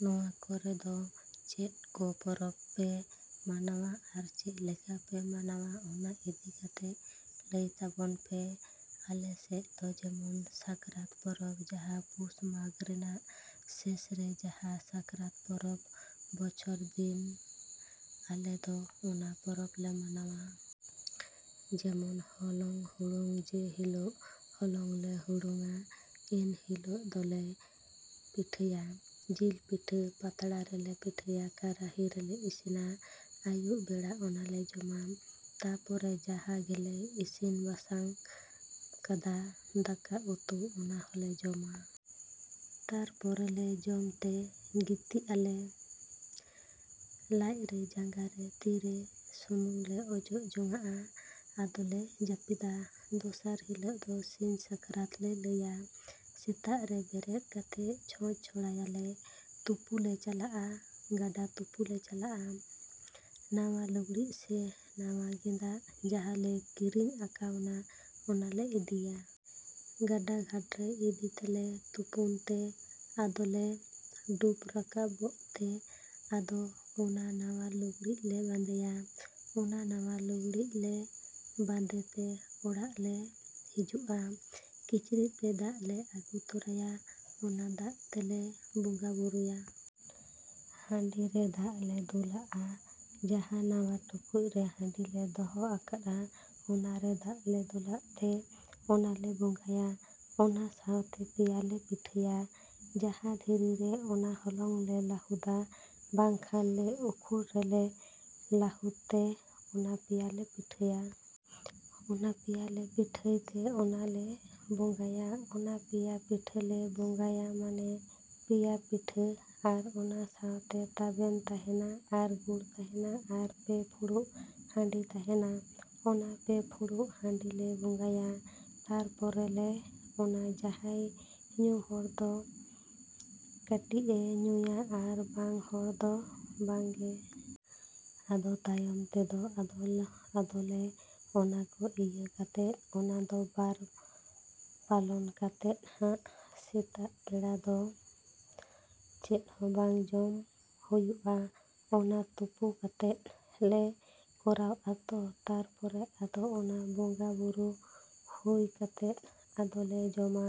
‎ᱱᱚᱣᱟ ᱠᱚᱨᱮᱫ ᱪᱮᱫ ᱠᱚ ᱯᱚᱨᱚᱵᱽ ᱯᱮ ᱢᱟᱱᱟᱣᱟ ᱟᱨ ᱪᱮᱫ ᱞᱮᱠᱟᱯᱮ ᱢᱟᱱᱟᱣᱟ ᱚᱱᱟ ᱤᱫᱤ ᱠᱟᱛᱮᱫ ᱞᱟᱹᱭ ᱛᱟᱵᱚᱱ ᱢᱮ᱾ ᱟᱞᱮ ᱥᱮᱫ ᱫᱚ ᱡᱮᱢᱚᱱ ᱥᱟᱠᱨᱟᱛ ᱯᱚᱨᱚᱵᱽ ᱡᱟᱦᱟᱸ ᱯᱚᱥ ᱢᱟᱜᱽ ᱨᱮᱱᱟᱜ ᱥᱮᱥᱨᱮ ᱡᱟᱦᱟᱸ ᱥᱟᱠᱨᱟᱛ ᱯᱚᱨᱚᱵᱽ ᱵᱚᱪᱷᱚᱨ ᱫᱤᱱ ᱟᱞᱮ ᱫᱚ ᱚᱱᱟ ᱯᱚᱨᱚᱵᱽ ᱞᱮ ᱢᱟᱱᱟᱣᱟ᱾ ᱡᱮᱢᱚᱱ ᱦᱚᱞᱚᱝ ᱦᱩᱲᱩᱝ ᱡᱮ ᱦᱤᱞᱚᱜ ᱦᱚᱞᱚᱝ ᱞᱮ ᱦᱩᱲᱩᱝ ᱟ ᱤᱱ ᱦᱤᱞᱚᱜ ᱫᱚᱞᱮ ᱯᱤᱴᱷᱟᱹᱭᱟ᱾ ᱡᱤᱞ ᱯᱤᱴᱷᱟᱹ ᱯᱟᱛᱲᱟ ᱨᱮᱞᱮ ᱯᱤᱴᱷᱟᱹᱭᱟ, ᱠᱟᱨᱟᱦᱤᱨᱮᱞᱮ ᱤᱥᱤᱱᱟ᱾ ᱟᱹᱭᱩᱵ ᱵᱮᱲᱟ ᱚᱱᱟᱞᱮ ᱡᱚᱢᱟ᱾ ᱛᱟᱨᱯᱚᱨᱮ ᱡᱟᱦᱟᱸ ᱜᱮᱞᱮ ᱤᱥᱤᱱ ᱵᱟᱥᱟᱝ ᱠᱟᱫᱟ ᱫᱟᱠᱟ ᱩᱛᱩ ᱚᱱᱟ ᱦᱚᱸᱞᱮ ᱡᱚᱢᱟ᱾ ᱛᱟᱨᱯᱚᱨᱮᱞᱮ ᱡᱚᱢ ᱛᱮ ᱜᱤᱛᱤᱡᱼᱟᱞᱮ᱾ ᱞᱟᱡᱨᱮ, ᱡᱟᱸᱜᱟᱨᱮ, ᱛᱤ ᱨᱮ ᱥᱩᱱᱩᱢᱞᱮ ᱚᱡᱚᱜ ᱡᱚᱱᱟᱜᱼᱟ ᱟᱫᱚᱞᱮ ᱡᱟᱹᱯᱤᱫᱟ᱾ ᱫᱚᱥᱟᱨ ᱦᱤᱞᱚᱜ ᱫᱚ ᱥᱤᱧ ᱥᱟᱠᱨᱟᱛ ᱞᱮ ᱞᱟᱹᱭᱟ᱾ ᱥᱮᱛᱟᱜ ᱨᱮ ᱵᱮᱨᱮᱫ ᱠᱟᱛᱮᱫ ᱪᱷᱚᱸᱪ ᱪᱷᱚᱲᱟᱭᱟᱞᱮ, ᱛᱩᱯᱩᱞᱮ ᱪᱟᱞᱟᱜᱼᱟ᱾ ᱜᱟᱰᱟ ᱛᱩᱯᱩᱞᱮ ᱪᱟᱞᱟᱜᱼᱟ᱾ ᱱᱟᱣᱟ ᱞᱩᱜᱽᱲᱤᱡ ᱥᱮ ᱱᱟᱣᱟ ᱜᱮᱸᱫᱟᱜ ᱡᱟᱦᱟᱸ ᱞᱮ ᱠᱤᱨᱤᱧ ᱠᱟᱣᱱᱟ ᱚᱱᱟᱞᱮ ᱤᱫᱤᱭᱟ᱾ ᱜᱟᱰᱟ ᱜᱷᱟᱴᱨᱮ ᱤᱫᱤ ᱛᱮᱞᱮ ᱛᱩᱯᱩᱱ ᱛᱮ ᱟᱫᱚᱞᱮ ᱰᱩᱵᱽ ᱨᱟᱠᱟᱵ ᱛᱮ ᱟᱫᱚ ᱚᱱᱟ ᱱᱟᱣᱟ ᱞᱩᱜᱽᱲᱤᱡᱞᱮ ᱵᱟᱸᱫᱮᱭᱟ᱾ ᱚᱱᱟ ᱱᱟᱣᱟ ᱞᱩᱜᱽᱲᱤᱡ ᱞᱮ ᱵᱟᱸᱫᱮ ᱛᱮ ᱚᱲᱟᱜ ᱞᱮ ᱦᱤᱡᱩᱜᱼᱟ᱾ ᱠᱤᱪᱨᱤᱫ ᱛᱮ ᱫᱟᱜ ᱞᱮ ᱟᱹᱜᱩ ᱛᱚᱨᱟᱭᱟ᱾ ᱚᱱᱟ ᱫᱟᱜ ᱛᱮᱞᱮ ᱵᱚᱸᱜᱟᱼᱵᱩᱨᱩᱭᱟ᱾ ᱦᱟᱺᱰᱤ ᱨᱮ ᱫᱟᱜ ᱞᱮ ᱫᱩᱞᱟᱜᱼᱟ ᱡᱟᱦᱟᱸ ᱱᱟᱣᱟ ᱴᱩᱠᱩᱡ ᱨᱮ ᱦᱟᱺᱰᱤ ᱞᱮ ᱫᱚᱦᱚ ᱠᱟᱜᱼᱟ ᱚᱱᱟᱨᱮ ᱫᱟᱜ ᱞᱮ ᱫᱩᱞᱟᱜ ᱛᱮ ᱚᱱᱟᱞᱮ ᱵᱚᱸᱜᱟᱭᱟ᱾ ᱚᱱᱟ ᱥᱟᱶᱛᱮ ᱯᱮᱭᱟᱞᱮ ᱯᱤᱴᱷᱟᱹᱭᱟ ᱡᱟᱦᱟᱸ ᱫᱷᱤᱨᱤ ᱨᱮ ᱚᱱᱟ ᱦᱚᱞᱚᱝ ᱞᱮ ᱞᱟᱹᱦᱩᱫᱟ ᱵᱟᱠᱷᱟᱱ ᱞᱮ ᱩᱠᱷᱩᱲ ᱨᱮᱞᱮ ᱞᱟᱹᱦᱩᱫ ᱛᱮ ᱚᱱᱟ ᱯᱮᱭᱟᱞᱮ ᱯᱤᱴᱷᱟᱹᱭᱟ᱾ ᱚᱱᱟ ᱯᱮᱭᱟᱞᱮ ᱯᱤᱴᱷᱟᱹᱭᱛᱮ ᱚᱱᱟᱞᱮ ᱵᱚᱸᱜᱟᱭᱟ᱾ ᱚᱱᱟ ᱯᱮᱭᱟ ᱯᱤᱴᱷᱟᱹᱞᱮ ᱵᱚᱸᱜᱟᱭᱟ ᱢᱟᱱᱮ ᱯᱮᱭᱟ ᱯᱤᱴᱷᱟᱹ ᱟᱨ ᱚᱱᱟ ᱥᱟᱶᱛᱮ ᱛᱟᱵᱮᱱ ᱛᱟᱦᱮᱱᱟ ᱟᱨ ᱜᱩᱲ ᱛᱟᱦᱮᱱᱟ ᱟᱨ ᱯᱮ ᱯᱷᱩᱲᱩᱜ ᱦᱟᱺᱰᱤ ᱛᱟᱦᱮᱱᱟ᱾ ᱚᱱᱟ ᱯᱮ ᱯᱷᱩᱲᱩᱜ ᱦᱟᱺᱰᱤᱞᱮ ᱵᱚᱸᱜᱟᱭᱟ᱾ ᱛᱟᱨᱯᱚᱨᱮ ᱞᱮ ᱚᱱᱟ ᱡᱟᱦᱟᱸᱭ ᱧᱩ ᱦᱚᱲ ᱫᱚ ᱠᱟᱹᱴᱤᱡᱼᱮ ᱧᱩᱣᱟᱜᱼᱟ ᱟᱨ ᱵᱟᱝ ᱦᱚᱲ ᱫᱚ ᱵᱟᱝ ᱜᱮ᱾ ᱟᱫᱚ ᱛᱟᱭᱚᱢ ᱛᱮᱫᱚ ᱟᱫᱚᱞᱮ ᱚᱱᱟ ᱠᱚ ᱤᱭᱟᱹ ᱠᱟᱛᱮᱫ ᱚᱱᱟ ᱫᱚ ᱵᱟᱨ ᱯᱟᱞᱚᱱ ᱠᱟᱛᱮᱫ ᱦᱟᱸᱜ ᱥᱮᱛᱟᱜ ᱵᱮᱲᱟ ᱫᱚ ᱪᱮᱫ ᱦᱚᱸ ᱵᱟᱝ ᱡᱚᱢ ᱦᱩᱭᱩᱜᱼᱟ ᱚᱱᱟ ᱛᱩᱯᱩ ᱠᱟᱛᱮᱫ ᱞᱮ ᱠᱚᱨᱟᱣ ᱟᱛᱚ ᱛᱟᱨᱯᱚᱨᱮ ᱟᱫᱚ ᱚᱱᱟ ᱵᱚᱸᱜᱟᱼᱵᱩᱨᱩ ᱦᱩᱭ ᱠᱟᱛᱮᱫ ᱟᱫᱚᱞᱮ ᱡᱚᱢᱟ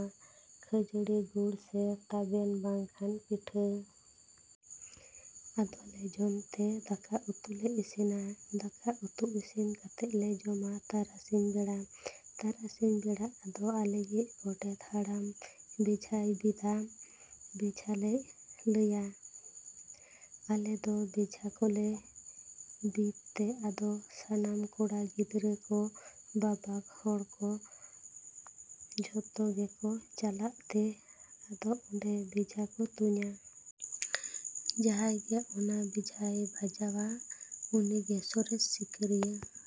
ᱠᱷᱟᱹᱡᱟᱲᱤ ᱜᱩᱲ ᱥᱮ ᱛᱟᱵᱮᱱ ᱵᱟᱠᱷᱟᱱ ᱯᱤᱴᱷᱟᱹ᱾ ᱚᱱᱟᱞᱮ ᱡᱚᱢ ᱛᱮ ᱫᱟᱠᱟ ᱩᱛᱩᱞᱮ ᱤᱥᱤᱱᱟ᱾ ᱫᱟᱠᱟ ᱩᱛᱩ ᱤᱥᱤᱱ ᱠᱟᱛᱮᱫ ᱞᱮ ᱡᱚᱢᱟ ᱛᱟᱨᱟᱥᱤᱧ ᱵᱮᱲᱟ᱾ ᱛᱟᱨᱟᱥᱤᱧ ᱵᱮᱲᱟ ᱟᱫᱚ ᱟᱞᱮᱭᱤᱡ ᱜᱳᱰᱮᱛ ᱦᱟᱲᱟᱢ ᱵᱷᱮᱡᱟᱭ ᱵᱤᱫᱟ ᱵᱷᱮᱡᱟ ᱞᱮ ᱞᱟᱹᱭᱟ᱾ ᱟᱞᱮ ᱫᱚ ᱵᱷᱮᱡᱟ ᱠᱚᱞᱮ ᱵᱤᱫ ᱛᱮ ᱟᱫᱚ ᱥᱟᱱᱟᱢ ᱠᱚᱲᱟ ᱜᱤᱫᱽᱨᱟᱹ ᱠᱚ, ᱵᱟᱵᱟ ᱦᱚᱲ ᱠᱚ ᱡᱷᱚᱛᱚ ᱜᱮᱠᱚ ᱪᱟᱞᱟᱜ ᱛᱮ ᱟᱫᱚ ᱚᱸᱰᱮ ᱵᱷᱮᱡᱟ ᱠᱚ ᱛᱩᱧᱟ᱾ ᱡᱟᱦᱟᱸᱭ ᱜᱮ ᱚᱱᱟ ᱵᱷᱮᱡᱟᱭ ᱵᱟᱡᱟᱣ ᱟ ᱩᱱᱤ ᱜᱮ ᱥᱚᱨᱮᱥ ᱥᱤᱠᱟ.ᱨᱤᱭᱟ.᱾